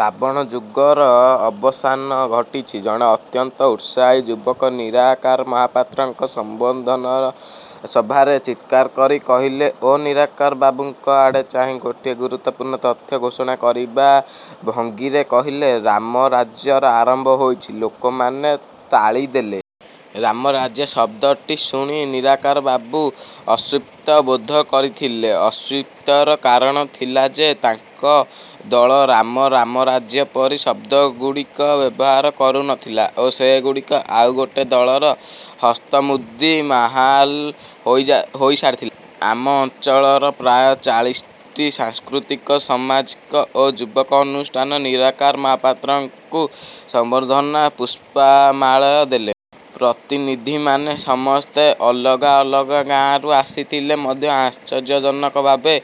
"ରାବଣ ଯୁଗର ଅବସାନ ଘଟିଛି," ଜଣେ ଅତ୍ୟନ୍ତ ଉତ୍ସାହୀ ଯୁବକ ନିରାକାର ମହାପାତ୍ରଙ୍କ ସମ୍ବର୍ଦ୍ଧନା ସଭାରେ ଚିତ୍କାର କରି କହିଲେ ଓ ନିରାକାର ବାବୁଙ୍କ ଆଡ଼େ ଚାହିଁ ଗୋଟିଏ ଗୁରୁତ୍ୱପୂର୍ଣ୍ଣ ତଥ୍ୟ ଘୋଷଣା କରିବା ଭଙ୍ଗୀରେ କହିଲେ, "ରାମରାଜ୍ୟର ଆରମ୍ଭ ହୋଇଛି। "ଲୋକମାନେ ତାଳି ଦେଲେ। 'ରାମରାଜ୍ୟ' ଶବ୍ଦଟି ଶୁଣି ନିରାକାରବାବୁ ଅସ୍ୱସ୍ତି ବୋଧ କରିଥିଲେ। ଅସ୍ୱସ୍ତିର କାରଣ ଥିଲା ଯେ ତାଙ୍କ ଦଳ 'ରାମ', 'ରାମରାଜ୍ୟ' ପରି ଶବ୍ଦଗୁଡ଼ିକର ବ୍ୟବହାର କରୁ ନ ଥିଲା ଓ ସେଗୁଡ଼ିକ ଆଉ ଗୋଟେ ଦଳର ହସ୍ତମୁଦି ମାହାଲ ହୋଇସାରିଥିଲା। ଆମ ଅଞ୍ଚଳର ପ୍ରାୟ ଚାଳିଶଟି ସାଂସ୍କୃତିକ, ସାମାଜିକ ଓ ଯୁବ ଅନୁଷ୍ଠାନ ନିରାକାର ମହାପାତ୍ରଙ୍କୁ ସମ୍ବର୍ଦ୍ଧନାର ପୁଷ୍ପମାଳ ଦେଲେ। ପ୍ରତିନିଧିମାନେ ସମସ୍ତେ ଅଲଗା ଅଲଗା ଗାଁରୁ ଆସିଥିଲେ ମଧ୍ୟ ଆଶ୍ଚର୍ଯ୍ୟଜନକ ଭାବେ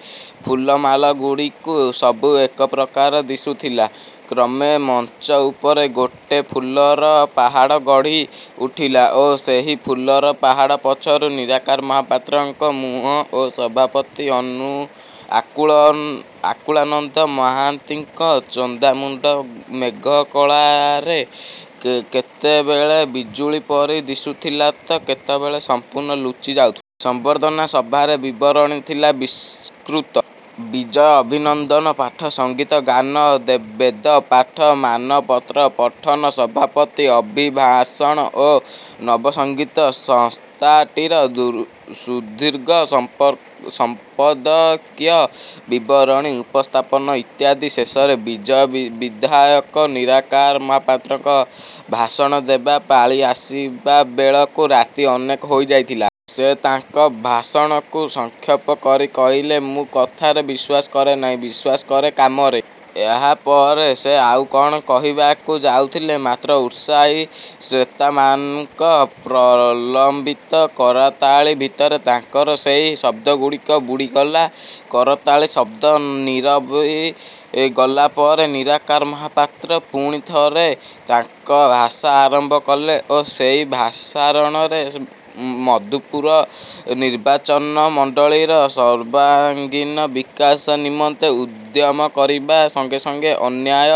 ଫୁଲମାଳଗୁଡ଼ିକ ସବୁ ଏକାପ୍ରକାର ଦିଶୁଥିଲା। କ୍ରମେ ମଞ୍ଚ ଉପରେ ଗୋଟେ ଫୁଲର ପାହାଡ଼ ଗଢ଼ି ଉଠିଲା ଓ ସେହି ଫୁଲର ପାହାଡ଼ ପଛରୁ ନିରାକାର ମହାପାତ୍ରଙ୍କ ମୁହଁ ଓ ସଭାପତି ଆକୁଳ ଆକୁଳାନନ୍ଦ ମହାନ୍ତିଙ୍କ ଚନ୍ଦାମୁଣ୍ଡ ମେଘ କୋଳରେ କେତେବେଳେ ବିଜୁଳି ପରି ଦିଶୁଥିଲା ତ କେତେବେଳେ ସମ୍ପୂର୍ଣ୍ଣ ଲୁଚି ଯାଉଥିଲା। ସମ୍ବର୍ଦ୍ଧନା ସଭାର ବିବରଣୀ ଥିଲା ବିସ୍ତୃତ। ବିଜୟ ଅଭିନନ୍ଦନ ପାଠ, ସଙ୍ଗୀତ ଗାନ, ବେଦପାଠ, ମାନପତ୍ର ପଠନ, ସଭାପତି ଅଭିଭାଷଣ ଓ ନବସଙ୍ଗୀତ ସଂସ୍ଥାଟିର ସୁଦୀର୍ଘ ସମ୍ପାଦକୀୟ ବିବରଣୀ ଉପସ୍ଥାପନ ଇତ୍ୟାଦି। ଶେଷରେ ବିଜୟୀ ବିଧାୟକ ନିରାକାର ମହାପାତ୍ରଙ୍କ ଭାଷଣ ଦେବା ପାଳି ଆସିବା ବେଳକୁ ରାତି ଅନେକ ହୋଇଯାଇଥିଲା। ସେ ତାଙ୍କର ଭାଷଣକୁ ସଂକ୍ଷେପ କରି କହିଲେ, "ମୁଁ କଥାରେ ବିଶ୍ୱାସ କରେ ନାହିଁ, ବିଶ୍ୱାସ କରେ କାମରେ। "ଏହାପରେ ସେ ଆଉ କ'ଣ କହିବାକୁ ଯାଉଥିଲେ, ମାତ୍ର ଉତ୍ସାହୀ ଶ୍ରୋତାମାନଙ୍କ ପ୍ରଲମ୍ବିତ କରତାଳି ଭିତରେ ତାଙ୍କର ସେଇ ଶବ୍ଦଗୁଡ଼ିକ ବୁଡ଼ିଗଲା। କରତାଳି ଶବ୍ଦ ନୀରବି ଗଲା ପରେ ନିରାକାର ମହାପାତ୍ର ପୁଣିଥରେ ତାଙ୍କ ଭାଷା ଆରମ୍ଭ କଲେ ଓ ସେଇ ଭାଷାଣରେ ସେ ମଧୁପୁର ନିର୍ବାଚନ ମଣ୍ଡଳୀର ସର୍ବାଙ୍ଗୀନ ବିକାଶ ନିମନ୍ତେ ଉଦ୍ୟମ କରିବା ସଙ୍ଗେ ସଙ୍ଗେ ଅନ୍ୟାୟ,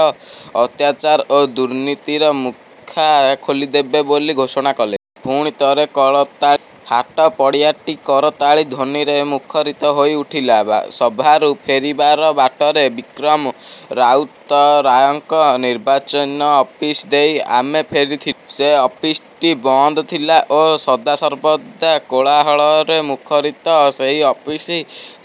ଅତ୍ୟାଚାର ଓ ଦୁର୍ନୀତିର ମୁଖା ଖୋଲିଦେବେ ବୋଲି ଘୋଷଣା କଲେ। ପୁଣିଥରେ କରତାଳି। ହାଟ ପଡ଼ିଆଟି କରତାଳି ଧ୍ୱନିରେ ମୁଖରିତ ହୋଇ ଉଠିଲା। ସଭାରୁ ଫେରିବାର ବାଟରେ ବିକ୍ରମ ରାଉତରାୟଙ୍କ ନିର୍ବାଚନୀ ଅଫିସ୍ ଦେଇ ଆମେ ଫେରିଥିଲୁ। ସେ ଅଫିସ୍‌ଟି ବନ୍ଦ ଥିଲା ଓ ସଦାସର୍ବଦା କୋଳାହଳରେ ମୁଖରିତ ସେହି ଅଫିସ୍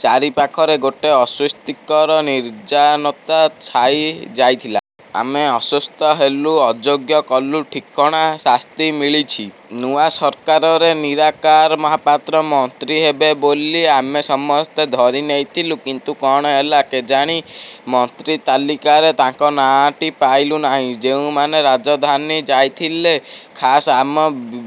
ଚାରିପାଖେ ଗୋଟେ ଅସ୍ୱସ୍ତିକର ନିର୍ଜନତା ଛାଇ ଯାଇଥିଲା। ଆମେ ଆଶ୍ୱସ୍ତ ହେଲୁ। ଅଯୋଗ୍ୟ ଗଲୁ ଠିକଣା ଶାସ୍ତି ମିଳିଛି। ନୂଆ ସରକାରରେ ନିରାକାର ମହାପାତ୍ର ମନ୍ତ୍ରୀ ହେବେ ବୋଲି ଆମେ ସମସ୍ତେ ଧରି ନେଇଥିଲୁ। କିନ୍ତୁ କ'ଣ ହେଲା କେଜାଣି, ମନ୍ତ୍ରୀ ତାଲିକାରେ ତାଙ୍କ ନାଁଟି ପାଇଲୁ ନାହିଁ। ଯୋଉମାନେ ରାଜଧାନୀ ଯାଇଥିଲେ, ଖାସ୍ ଆମ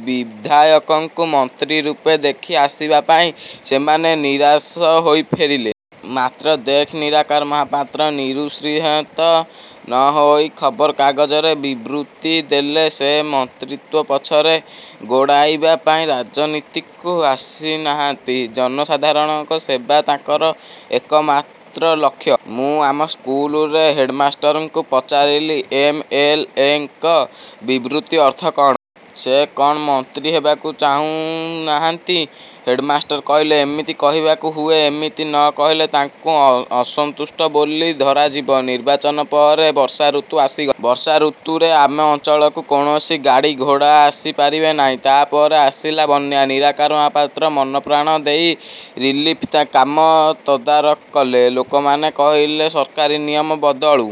ବିଧାୟକଙ୍କୁ ମନ୍ତ୍ରୀ ରୂପେ ଦେଖି ଆସିବା ପାଇଁ, ସେମାନେ ନିରାଶ ହୋଇ ଫେରିଲେ। ମାତ୍ର ଖୋଦ୍ ନିରାକାର ମହାପାତ୍ର ନିରୁତ୍ସାହିତ ନ ହୋଇ ଖବରକାଗଜରେ ବିବୃତି ଦେଲେ, ସେ ମନ୍ତ୍ରୀତ୍ୱ ପଛରେ ଗୋଡ଼େଇବା ପାଇଁ ରାଜନୀତିକୁ ଆସିନାହାନ୍ତି, ଜନସାଧାରଣଙ୍କ ସେବା ତାଙ୍କର ଏକମାତ୍ର ଲକ୍ଷ୍ୟ। ମୁଁ ଆମ ସ୍କୁଲରେ ହେଡ୍‌ମାଷ୍ଟରଙ୍କୁ ପଚାରିଲି, "ଏମ୍. ଏଲ୍. ଏ. ଙ୍କ ବିବୃତିର ଅର୍ଥ କ'ଣ? ସେ କ'ଣ ମନ୍ତ୍ରୀ ହେବାକୁ ଚାହୁଁ ନାହାନ୍ତି? "ହେଡ୍‌ମାଷ୍ଟରେ କହିଲେ, "ଏମିତି କହିବାକୁ ହୁଏ। ଏମିତି ନ କହିଲେ ତାଙ୍କୁ ଅସନ୍ତୁଷ୍ଟ ବୋଲି ଧରାଯିବ।"ନିର୍ବାଚନ ପରେ ବର୍ଷାଋତୁ ଆସିଗଲା। ବର୍ଷାଋତୁରେ ଆମ ଅଞ୍ଚଳକୁ କୌଣସି ଗାଡ଼ିଘୋଡ଼ା ଆସି ପାରେ ନାହିଁ। ତା'ପରେ ଆସିଲା ବନ୍ୟା। ନିରାକାର ମହାପାତ୍ର ମନପ୍ରାଣ ଦେଇ ରିଲିଫ୍ କାମ ତଦାରଖ କଲେ। ଲୋକମାନେ କହିଲେ, ସରକାରୀ ନିୟମ ବଦଳୁ--